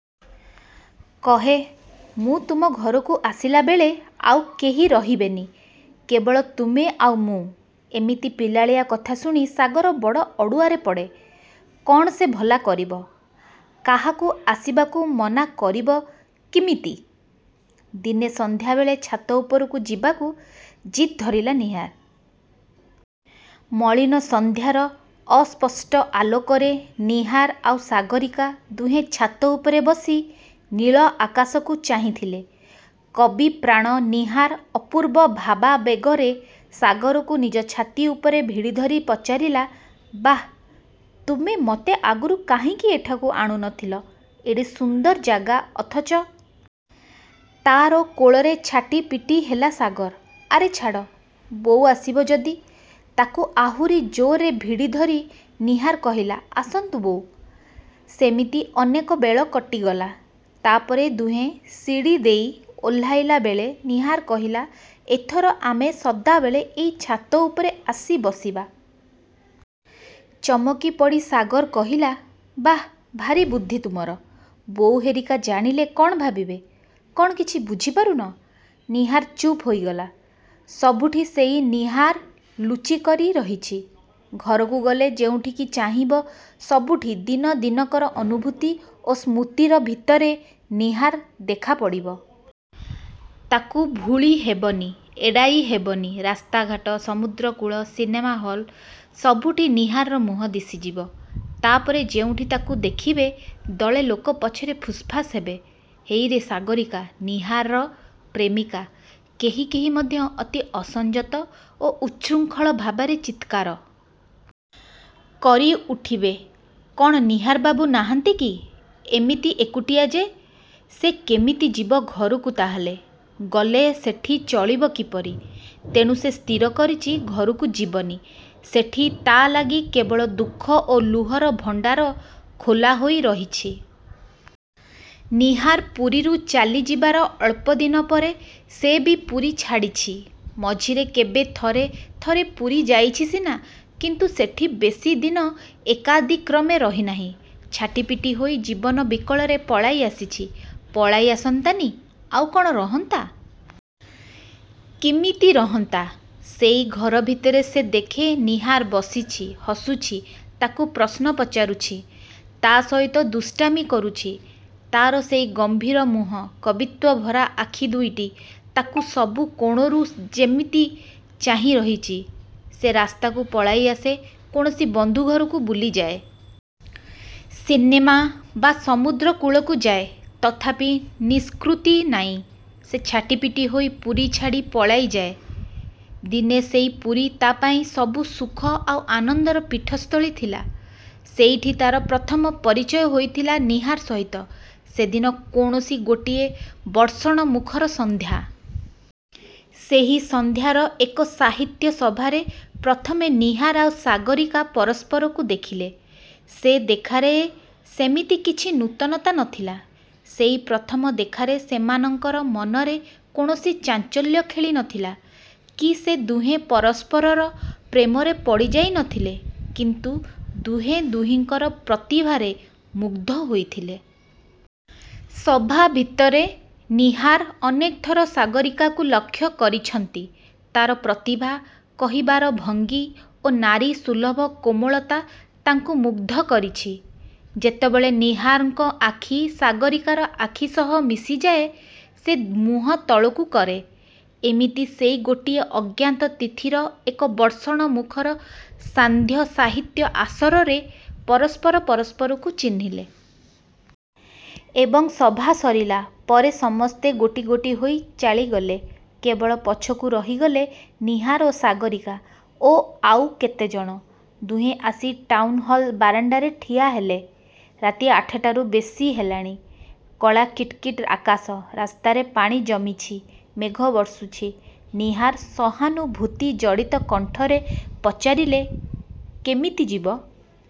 କହେ ''ମୁଁ ତୁମ ଘରକୁ ଆସିଲା ବେଳେ ଆଉ କେହି ରହିବେନି। କେବଳ ତୁମେ ଆଉ ମୁଁ। '' ଏମିତି ପିଲାଳିଆ କଥା ଶୁଣି ସାଗର ବଡ଼ ଅଡ଼ୁଆରେ ପଡ଼େ। କ'ଣ ସେ ଭଲା କରିବ-। କାହାକୁ ଆସିବାକୁ ମନା କରିବ କିମିତି? ଦିନେ ସନ୍ଧ୍ୟା ବେଳେ ଛାତ ଉପରକୁ ଯିବାକୁ ଜିଦ୍ଧରିଲା ନୀହାର। ମଳିନ ସନ୍ଧ୍ୟାର ଅସ୍ପଷ୍ଟ ଆଲୋକରେ ନୀହାର ଆଉ ସାଗରୀକା ଦୁହେଁ ଛାତ ଉପରେ ବସି ନୀଳ ଆକାଶକୁ ଚାହିଁଥିଲେ। କବିପ୍ରାଣ ନୀହାର ଅପୂର୍ବ ଭାବାବେଗରେ ସାଗରକୁ ନିଜ ଛାତି ଉପରେ ଭିଡ଼ିଧରି ପଚାରିଲା-''ବାଃ ତୁମେ ମୋତେ ଆଗରୁ କାହିଁକି ଏଠାକୁ ଆଣୁ ନଥିଲ। ଏଡ଼େ ସୁନ୍ଦର ଜାଗା ଅଥଚ। '' ତା'ର କୋଳରେ ଛାଟିପିଟି ହେଲା ସାଗର। ''ଆରେ ଛାଡ଼। ବୋଉ ଆସିବ ଯଦି। '' ତାକୁ ଆହୁରି ଜୋରରେ ଭିଡ଼ିଧରି ନୀହାର କହିଲା-''ଆସନ୍ତୁ ବୋଉ-। '' ସେମିତି ଅନେକ ବେଳ କଟିଗଲା। ତା'ପରେ ଦୁହେଁ ସିଡ଼ି ଦେଇ ଓହ୍ଲାଇଲା ବେଳେ ନୀହାର କହିଲା-''ଏଥର ଆମେ ସଦାବେଳେ ଏଇ ଛାତ ଉପରେ ଆସି ବସିବା। '' ଚମକି ପଡ଼ି ସାଗର କହିଲା-''ବାଃ, ଭାରୀ ବୁଦ୍ଧି ତୁମର। ବୋଉ ହେରିକା ଜାଣିଲେ କ'ଣ ଭାବିବେ; କ'ଣ କିଛି ବୁଝିପାରୁନ। '' ନୀହାର ଚୁପ୍ ହୋଇଗଲା। ସବୁଠି ସେଇ ନୀହାର ଲୁଚି କରି ରହିଛି। ଘରକୁ ଗଲେ ଯେଉଁଠିକି ଚାହିଁବ ସବୁଠି ଦିନ ଦିନକର ଅନୁଭୂତି ଓ ସ୍ମୃତିର ଭିତରେ, ନୀହାର ଦେଖା ପଡ଼ିବ। ତାକୁ ଭୁଳି ହେବନି, ଏଡ଼ାଇ ହେବନି। ରାସ୍ତାଘାଟ, ସମୁଦ୍ରକୂଳ, ସିନେମା ହଲ, ସବୁଠି ନୀହାରର ମୁହଁ ଦିଶିଯିବ। ତା'ପରେ ଯେଉଁଠି ତାକୁ ଦେଖିବେ; ଦଳେ ଲୋକ ପଛରେ ଫୁସ୍ଫାସ୍ ହେବେ-''ହେଇରେ ସାଗରୀକା-ନୀହାରର ପ୍ରେମିକା। '' କେହି କେହି ମଧ୍ୟ ଅତି ଅସଂଯତ ଓ ଉଚ୍ଛୃଙ୍ଖଳ ଭାବରେ ଚିତ୍କାର। କରି ଉଠିବେ ''କ'ଣ ନୀହାର ବାବୁ ନାହାନ୍ତି କି? ଏମିତି ଏକୁଟିଆ ଯେ। '' ସେ କେମିତି ଯିବ ଘରକୁ ତା'ହେଲେ? ଗଲେ ସେଠି ଚଳିବ କିପରି? ତେଣୁ ସେ ସ୍ଥିର କରିଛି ଘରକୁ ଯିବନି। ସେଠି ତା' ଲାଗି କେବଳ ଦୁଃଖ ଓ ଲୁହର ଭଣ୍ଡାର ଖୋଲା ହୋଇ ରହିଛି। ନୀହାର ପୁରୀରୁ ଚାଲି ଯିବାର ଅଳ୍ପ ଦିନ ପରେ ସେ ବି ପୁରୀ ଛାଡ଼ିଛି। ମଝିରେ କେବେ ଥରେ ଥରେ ପୁରୀ ଯାଇଛି ସିନା; କିନ୍ତୁ ସେଠି ବେଶୀ ଦିନ ଏକାଦିକ୍ରମେ ରହିନାହିଁ। ଛାଟିପିଟି ହୋଇ ଜୀବନ ବିକଳରେ ପଳାଇ ଆସିଛି। ପଳାଇ ଆସନ୍ତାନି-ଆଉ କ'ଣ ରହନ୍ତା? କିମିତି ରହନ୍ତା? ସେଇ ଘର ଭିତରେ ସେ ଦେଖେ; ନୀହାର ବସିଛି-ହସୁଛି-ତାକୁ ପ୍ରଶ୍ନ ପଚାରୁଛି। ତା' ସହିତ ଦୁଷ୍ଟାମି କରୁଛି। ତା'ର ସେଇ ଗମ୍ଭୀର ମୁହଁ, କବିତ୍ୱଭରା ଆଖି ଦୁଇଟି ତାକୁ ସବୁ କୋଣରୁ ଯେମିତି ଚାହିଁ ରହିଛି। ସେ ରାସ୍ତାକୁ ପଳାଇ ଆସେ-କୌଣସି ବନ୍ଧୁଘରକୁ ବୁଲିଯାଏ-। ସିନେମା ବା ସମୁଦ୍ର କୂଳକୁ ଯାଏ। ତଥାପି ନିଷ୍କୃତି ନାଇଁ। ସେ ଛାଟିପିଟି ହୋଇ ପୁରୀ ଛାଡ଼ି ପଳାଇ ଯାଏ। ଦିନେ ସେଇ ପୁରୀ ତା'ପାଇଁ ସବୁ ସୁଖ ଆଉ ଆନନ୍ଦର ପୀଠସ୍ଥଳୀ ଥିଲା। ସେଇଠି ତା'ର ପ୍ରଥମ ପରିଚୟ ହୋଇଥିଲା ନୀହାର ସହିତ। ସେଦିନ କୌଣସି ଗୋଟିଏ ବର୍ଷଣମୁଖର ସନ୍ଧ୍ୟା। ସେହି ସନ୍ଧ୍ୟାର ଏକ ସାହିତ୍ୟ-ସଭାରେ ପ୍ରଥମେ ନୀହାର ଆଉ ସାଗରୀକା ପରସ୍ପରକୁ ଦେଖିଲେ। ସେ ଦେଖାରେ ସେମିତି କିଛି ନୂତନତା ନଥିଲା। ସେଇ ପ୍ରଥମ ଦେଖାରେ ସେମାନଙ୍କର ମନରେ କୌଣସି ଚାଞ୍ଚଲ୍ୟ ଖେଳି ନଥିଲା, କି ସେ ଦୁହେଁ ପରସ୍ପରର ପ୍ରେମରେ ପଡ଼ିଯାଇ ନଥିଲେ। କିନ୍ତୁ ଦୁହେଁ ଦୁହିଁଙ୍କର ପ୍ରତିଭାରେ ମୁଗ୍ଧ ହୋଇଥିଲେ। ସଭା ଭିତରେ ନୀହାର ଅନେକଥର ସାଗରୀକାକୁ ଲକ୍ଷ୍ୟ କରିଛନ୍ତି। ତା'ର ପ୍ରତିଭା, କହିବାର ଭଙ୍ଗୀ ଓ ନାରୀ ସୁଲଭ କୋମଳତା ତାଙ୍କୁ ମୁଗ୍ଧ କରିଛି। ଯେତେବେଳେ ନୀହାରଙ୍କ ଆଖି ସାଗରୀକାର ଆଖିସହ ମିଶିଯାଏ, ସେ ମୁହଁ ତଳକୁ କରେ। ଏମିତି ସେଇ ଗୋଟିଏ ଅଜ୍ଞାତ-ତିଥିର ଏକ ବର୍ଷଣମୁଖର ସାନ୍ଧ୍ୟ-ସାହିତ୍ୟ-ଆସରରେ ପରସ୍ପର ପରସ୍ପରକୁ ଚିହ୍ନିଲେ। ଏବଂ ସଭା ସରିଲା ପରେ ସମସ୍ତେ ଗୋଟି ଗୋଟି ହୋଇ ଚାଳିଗଲେ। କେବଳ ପଛକୁ ରହିଗଲେ ନୀହାର ଓ ସାଗରୀକା; ଓ ଆଉ କେତେଜଣ। ଦୁହେଁ ଆସି ଟାଉନ୍ହଲ୍ ବାରଣ୍ଡାରେ ଠିଆ ହେଲେ। ରାତି ଆଠଟାରୁ ବେଶୀ ହେଲାଣି। କଳା କିଟ୍କିଟ୍ ଆକାଶ। ରାସ୍ତାରେ ପାଣି ଜମିଛି। ମେଘ ବର୍ଷୁଛି। ନୀହାର ସହାନୁଭୂତି ଜଡ଼ିତ କଣ୍ଠରେ ପଚାରିଲେ-''କେମିତି ଯିବ''।